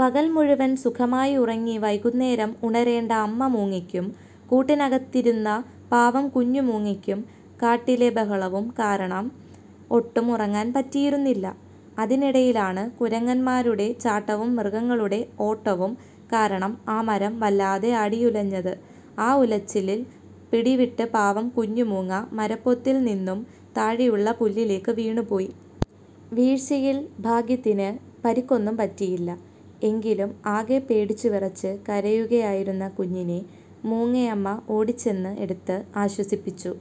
പകൽ മുഴുവൻ സുഖമായി ഉറങ്ങി വൈകുന്നേരം ഉണരേണ്ട അമ്മ മൂങ്ങയ്ക്കും കൂട്ടിനകത്തിരുന്ന പാവം കുഞ്ഞു മൂങ്ങയ്ക്കും, കാട്ടിലെ ബഹളവും കാരണം ഒട്ടും ഉറങ്ങാൻ പറ്റിയിരുന്നില്ല. അതിനിടയിലാണ് കുരങ്ങന്മാരുടെ ചാട്ടവും മൃഗങ്ങളുടെ ഓട്ടവും കാരണം ആ മരം വല്ലാതെ ആടിയുലഞ്ഞത്. ആ ഉലച്ചിലിൽ പിടിവിട്ട് പാവം കുഞ്ഞു മൂങ്ങ മരപ്പൊത്തിൽ നിന്നും താഴെയുള്ള പുല്ലിലേക്ക് വീണുപോയി! വീഴ്ചയിൽ ഭാഗ്യത്തിന് പരിക്കൊന്നും പറ്റിയില്ല. എങ്കിലും ആകെ പേടിച്ചുവിറച്ച് കരയുകയായിരുന്ന കുഞ്ഞിനെ മൂങ്ങയമ്മ ഓടിച്ചെന്ന് എടുത്ത് ആശ്വസിപ്പിച്ചു;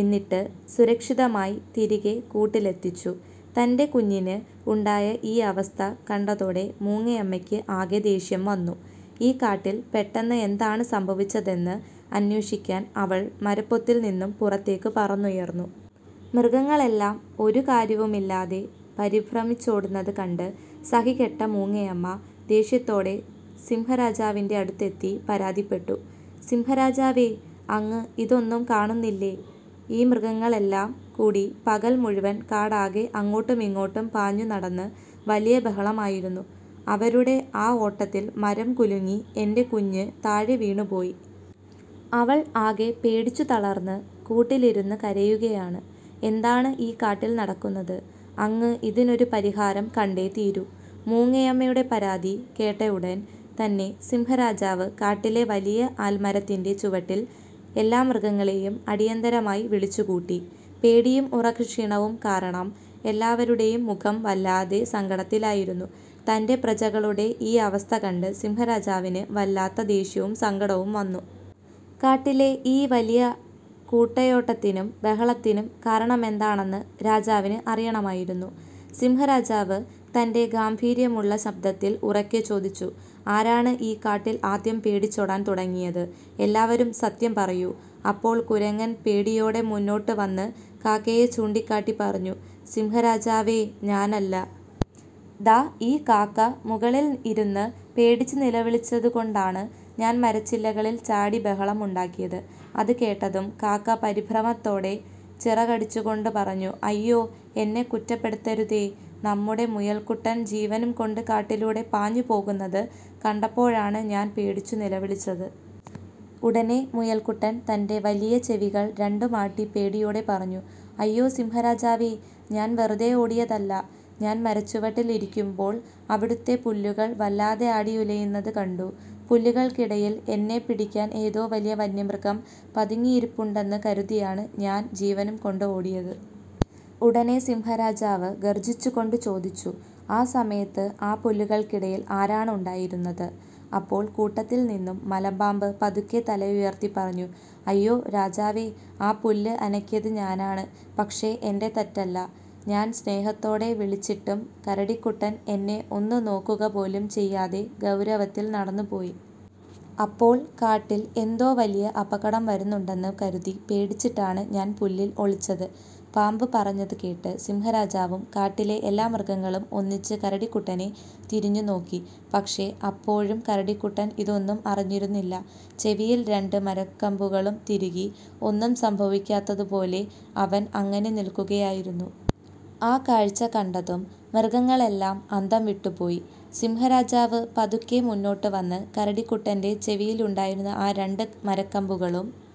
എന്നിട്ട് സുരക്ഷിതമായി തിരികെ കൂട്ടിലെത്തിച്ചു. തൻ്റെ കുഞ്ഞിന് ഉണ്ടായ ഈ അവസ്ഥ കണ്ടതോടെ മൂങ്ങയമ്മയ്ക്ക് ആകെ ദേഷ്യം വന്നു. ഈ കാട്ടിൽ പെട്ടെന്ന് എന്താണ് സംഭവിച്ചതെന്ന് അന്വേഷിക്കാൻ അവൾ മരപ്പൊത്തിൽ നിന്നും പുറത്തേക്ക് പറന്നുയർന്നു. മൃഗങ്ങളെല്ലാം ഒരു കാര്യവുമില്ലാതെ പരിഭ്രമിച്ചോടുന്നത് കണ്ട് സഹികെട്ട മൂങ്ങയമ്മ ദേഷ്യത്തോടെ സിംഹരാജാവിന്റെ അടുത്തെത്തി പരാതിപ്പെട്ടു: "സിംഹരാജാവേ, അങ്ങ് ഇതൊന്നും കാണുന്നില്ലേ? ഈ മൃഗങ്ങളെല്ലാം കൂടി പകൽ മുഴുവൻ കാടാകെ അങ്ങോട്ടുമിങ്ങോട്ടും പാഞ്ഞുനടന്ന് വലിയ ബഹളമായിരുന്നു. അവരുടെ ആ ഓട്ടത്തിൽ മരം കുലുങ്ങി എന്റെ കുഞ്ഞ് താഴെ വീണുപോയി! അവൾ ആകെ പേടിച്ചു തളർന്ന് കൂട്ടിലിരുന്ന് കരയുകയാണ്. എന്താണ് ഈ കാട്ടിൽ നടക്കുന്നത്? അങ്ങ് ഇതിനൊരു പരിഹാരം കണ്ടേ തീരൂ! " മൂങ്ങയമ്മയുടെ പരാതി കേട്ട ഉടൻ തന്നെ സിംഹരാജാവ് കാട്ടിലെ വലിയ ആൽമരത്തിന്റെ ചുവട്ടിൽ എല്ലാ മൃഗങ്ങളെയും അടിയന്തരമായി വിളിച്ചുകൂട്ടി. പേടിയും ഉറക്കക്ഷീണവും കാരണം എല്ലാവരുടെയും മുഖം വല്ലാതെ സങ്കടത്തിലായിരുന്നു തന്റെ പ്രജകളുടെ ഈ അവസ്ഥ കണ്ട് സിംഹരാജാവിന് വല്ലാത്ത ദേഷ്യവും സങ്കടവും വന്നു. കാട്ടിലെ ഈ വലിയ കൂട്ടയോട്ടത്തിനും ബഹളത്തിനും കാരണമെന്താണെന്ന് രാജാവിന് അറിയണമായിരുന്നു. സിംഹരാജാവ് തന്റെ ഗാംഭീര്യമുള്ള ശബ്ദത്തിൽ ഉറക്കെ ചോദിച്ചു: "ആരാണ് ഈ കാട്ടിൽ ആദ്യം പേടിച്ചോടാൻ തുടങ്ങിയത്? എല്ലാവരും സത്യം പറയൂ. " അപ്പോൾ കുരങ്ങൻ പേടിയോടെ മുന്നോട്ട് വന്ന് കാക്കയെ ചൂണ്ടിക്കാട്ടി പറഞ്ഞു: "സിംഹരാജാവേ, ഞാനല്ല! ദാ ഈ കാക്ക മുകളിൽ ഇരുന്ന് പേടിച്ച് നിലവിളിച്ചതു കൊണ്ടാണ് ഞാൻ മരച്ചില്ലകളിൽ ചാടി ബഹളമുണ്ടാക്കിയത്! " അത് കേട്ടതും കാക്ക പരിഭ്രമത്തോടെ ചിറകടിച്ചുകൊണ്ട് പറഞ്ഞു: "അയ്യോ, എന്നെ കുറ്റപ്പെടുത്തരുതേ! നമ്മുടെ മുയൽക്കുട്ടൻ ജീവനും കൊണ്ട് കാട്ടിലൂടെ പാഞ്ഞു പോകുന്നത് കണ്ടപ്പോഴാണ് ഞാൻ പേടിച്ചു നിലവിളിച്ചത്! " ഉടനെ മുയൽക്കുട്ടൻ തന്റെ വലിയ ചെവികൾ രണ്ടും ആട്ടി പേടിയോടെ പറഞ്ഞു: "അയ്യോ സിംഹരാജാവേ, ഞാൻ വെറുതെ ഓടിയതല്ല! ഞാൻ മരച്ചുവട്ടിൽ ഇരിക്കുമ്പോൾ അവിടുത്തെ പുല്ലുകൾ വല്ലാതെ ആടിയുലയുന്നത് കണ്ടു. പുല്ലുകൾക്കിടയിൽ എന്നെ പിടിക്കാൻ ഏതോ വലിയ വന്യമൃഗം പതുങ്ങിയിരിപ്പുണ്ടെന്ന് കരുതിയാണ് ഞാൻ ജീവനും കൊണ്ട് ഓടിയത്! " ഉടനെ സിംഹരാജാവ് ഗർജിച്ചുകൊണ്ട് ചോദിച്ചു: "ആ സമയത്ത് ആ പുല്ലുകൾക്കിടയിൽ ആരാണ് ഉണ്ടായിരുന്നത്? " അപ്പോൾ കൂട്ടത്തിൽ നിന്നും മലമ്പാമ്പ് പതുക്കെ തലയുയർത്തി പറഞ്ഞു: "അയ്യോ രാജാവേ, ആ പുല്ല് അനക്കിയത് ഞാനാണ്! പക്ഷേ എന്റെ തെറ്റല്ല. ഞാൻ സ്നേഹത്തോടെ വിളിച്ചിട്ടും കരടിക്കുട്ടൻ എന്നെ ഒന്നു നോക്കുകപോലും ചെയ്യാതെ ഗൗരവത്തിൽ നടന്നുപോയി! അപ്പോൾ കാട്ടിൽ എന്തോ വലിയ അപകടം വരുന്നുണ്ടെന്ന് കരുതി പേടിച്ചിട്ടാണ് ഞാൻ പുല്ലിൽ ഒളിച്ചത്! " പാമ്പ് പറഞ്ഞത് കേട്ട് സിംഹരാജാവും കാട്ടിലെ എല്ലാ മൃഗങ്ങളും ഒന്നിച്ച് കരടിക്കുട്ടനെ തിരിഞ്ഞു നോക്കി! പക്ഷേ, അപ്പോഴും കരടിക്കുട്ടൻ ഇതൊന്നും അറിഞ്ഞിരുന്നില്ല! ചെവിയിൽ രണ്ട് മരക്കമ്പുകളും തിരുകി, ഒന്നും സംഭവിക്കാത്തതുപോലെ അവൻ അങ്ങനെ നിൽക്കുകയായിരുന്നു! ആ കാഴ്ച കണ്ടതും മൃഗങ്ങളെല്ലാം അന്തംവിട്ടു പോയി! സിംഹരാജാവ് പതുക്കെ മുന്നോട്ട് വന്ന് കരടിക്കുട്ടന്റെ ചെവിയിലുണ്ടായിരുന്ന ആ രണ്ട് മരക്കമ്പുകളും